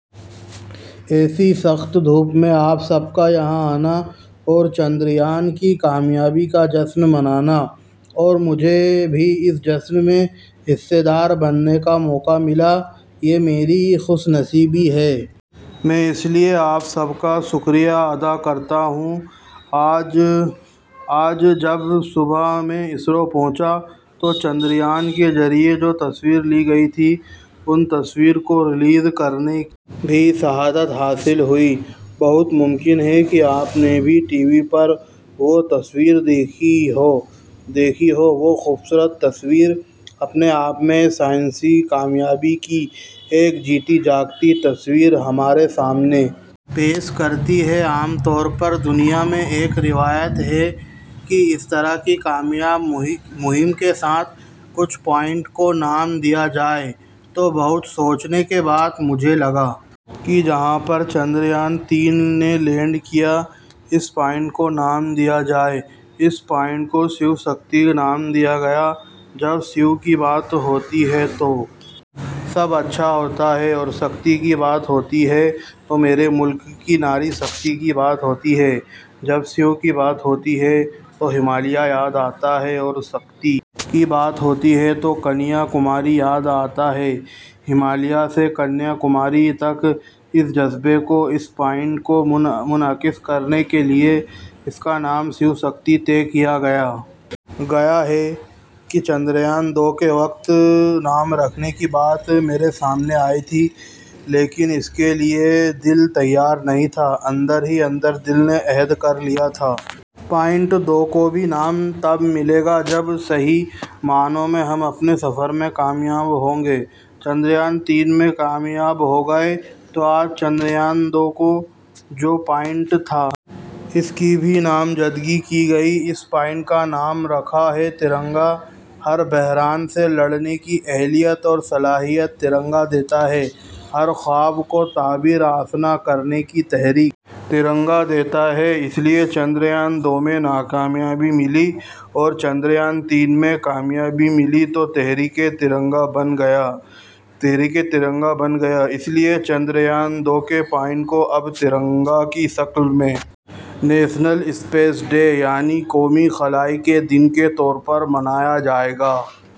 ایسی سخت دھوپ میں آپ سب کا یہاں آنا اور چندریان کی کامیابی کا جشن منانا اور مجھے بھی اس جشن میں حصہ دار بننے کا موقع ملا یہ میری خوش نصیبی ہے میں اس کے لیے آپ سب کا شکریہ ادا کرتا ہوں آج جب میں صبح اسرو پہنچا تھا تو چندریان کے ذریعے جو تصویریں لی گئی تھیں ان تصویروں کو ریلیز کرنے کی بھی سعادت حاصل ہوئی بہت ممکن ہے کہ آپ نے بھی ٹی وی پر وہ تصویریں دیکھی ہوں وہ خوبصورت تصویریں اپنے آپ میں سائنسی کامیابی کی ایک جیتی جاگتی تصویر ہمارے سامنے پیش کرتی ہیں عام طور پر دنیا میں ایک روایت ہے کہ اس طرح کی کامیاب مہم کے ساتھ کچھ پوائنٹس کو کوئی نام دیا جائے تو بہت سوچنے کے بعد مجھے لگا کہ جہاں پر چندریان تین نے لینڈ کیا ہے اس پوائنٹ کو ایک نام دیا جائے اس پوائنٹ کو شیو شکتی کا نام دیا گیا ہے جب شیو کی بات ہوتی ہے تو سب اچھا ہوتا ہے اور شکتی کی بات ہوتی ہے تو میرے ملک کی ناری شکتی کی بات ہوتی ہے جب شیو کی بات ہوتی ہے تو ہمالیہ یاد آتا ہے اور شکتی کی بات ہوتی ہے تو کنیا کماری یاد آتا ہے ہمالیہ سے کنیا کماری تک کے اس جذبے کو اس پوائنٹ میں منعکس کرنے کے لیے اس کا نام شیو شکتی طے کیا گیا ہے چندریان دو کے وقت یہ نام رکھنے کی بات میرے سامنے آئی تھی لیکن اس کے لیے دل تیار نہیں تھا اندر ہی اندر دل نے عہد کر لیا تھا کہ پوائنٹ دو کو بھی نام تب ملے گا جب صحیح معنوں میں ہم اپنے سفر میں کامیاب ہوں گے چندریان تین میں کامیاب ہو گئے تو آج چندریان دو کا جو پوائنٹ تھا اس کی بھی نامزدگی کی گئی اور اس پوائنٹ کا نام رکھا ہے ترنگا ہر بحران سے لڑنے کی اہلیت اور صلاحیت ترنگا دیتا ہے ہر خواب کو تعبیر آشنا کرنے کی تحریک ترنگا دیتا ہے اس لیے چندریان دو میں ناکامی ملی اور چندریان تین میں کامیابی ملی تو تحریک ترنگا بن گیا اس لیے چندریان دو کے پوائنٹ کو اب ترنگا کی شکل میں نیشنل اسپیس ڈے یعنی قومی خلائی دن کے طور پر منایا جائے گا